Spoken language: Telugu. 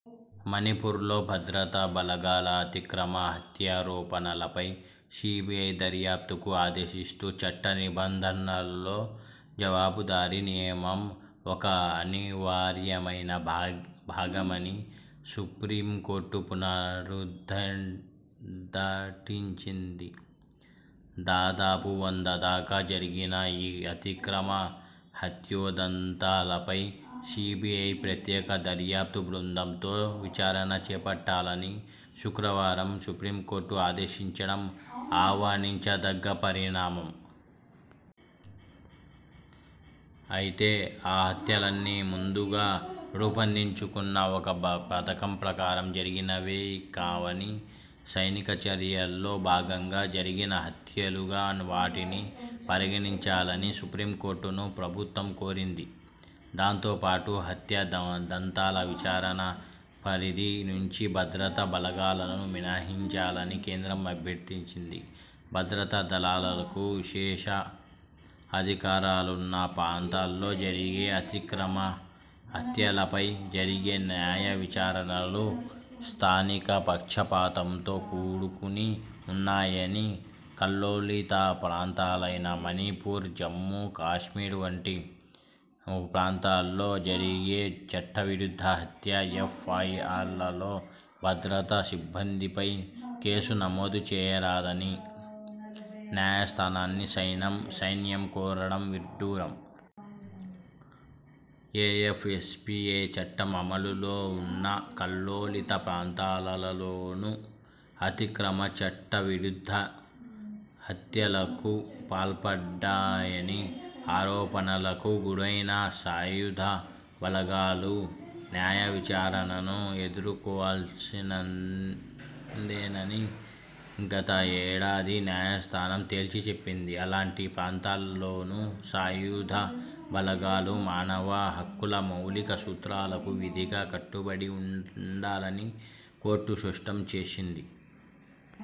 మణిపూర్లో భద్రతా బలగాల అతిక్రమ హత్యారోపణలపై సీబీఐ దర్యాప్తుకు ఆదేశిస్తూ, చట్ట నిబంధనల్లో జవాబుదారీ నియమం ఒక అనివార్యమైన భాగ్ భాగమని సుప్రీంకోర్టు పునరుద్ధన్ దాటించింది. దాదాపు వంద దాకా జరిగిన ఈ అతిక్రమ హత్యోదంతాలపై సీబీఐ ప్రత్యేక దర్యాప్తు బృందం తో విచారణ చేపట్టాలని శుక్రవారం సుప్రీంకోర్టు ఆదేశించడం ఆహ్వానించదగ్గ పరిణామం. అయితే ఆ హత్యలన్నీ ముందుగా రూపొందించుకున్న ఒక బ పథకం ప్రకారం జరిగినవి కావనీ, 'సైనిక చర్యల్లో భాగంగా' జరిగిన హత్యలుగా వాటిని పరిగణించాలని సుప్రీంకోర్టును ప్రభుత్వం కోరింది. దాంతోపాటు హత్యదంతాల విచారణ పరిధి నుంచి భద్రతా బలగాలను మినహించాలని కేంద్రం అభ్యర్థించింది. భద్రతా దళాలకు విశేష అధికారాలున్న ప్రాంతాల్లో జరిగే అతిక్రమ హత్యలపై జరిగే న్యాయవిచారణలు స్థానిక పక్షపాతంతో కూడుకుని ఉన్నాయని, కల్లోలిత ప్రాంతాలైన మణిపూర్, జమ్ము కశ్మీర్ వంటి ఉ ప్రాంతాల్లో జరిగే చట్టవిరుద్ధ హత్య ఎఫ్ఐఆర్లలో భద్రతా సిబ్బందిపై కేసు నమోదు చేయరాదని న్యాయస్థానాన్ని సైనం సైన్యం కోరడం విడ్డూరం. ఏఎఫ్ఎస్పీఏ చట్టం అమలులో ఉన్న కల్లోలిత ప్రాంతాలలలోనూ అతిక్రమ, చట్ట విరుద్ధ హత్యలకు పాల్పడ్డాయని ఆరోపణలకు గురైన సాయుధ బలగాలు న్యాయవిచారణను ఎదుర్కొవలసినందేనని గత ఏడాది న్యాయస్థానం తేల్చి చెప్పింది. అలాంటి ప్రాంతాల్లోనూ సాయుధ బలగాలు మానవ హక్కుల మౌలిక సూత్రాలకు విధిగా కట్టబడి ఉండాలని కోర్టు స్పష్టం చేసింది.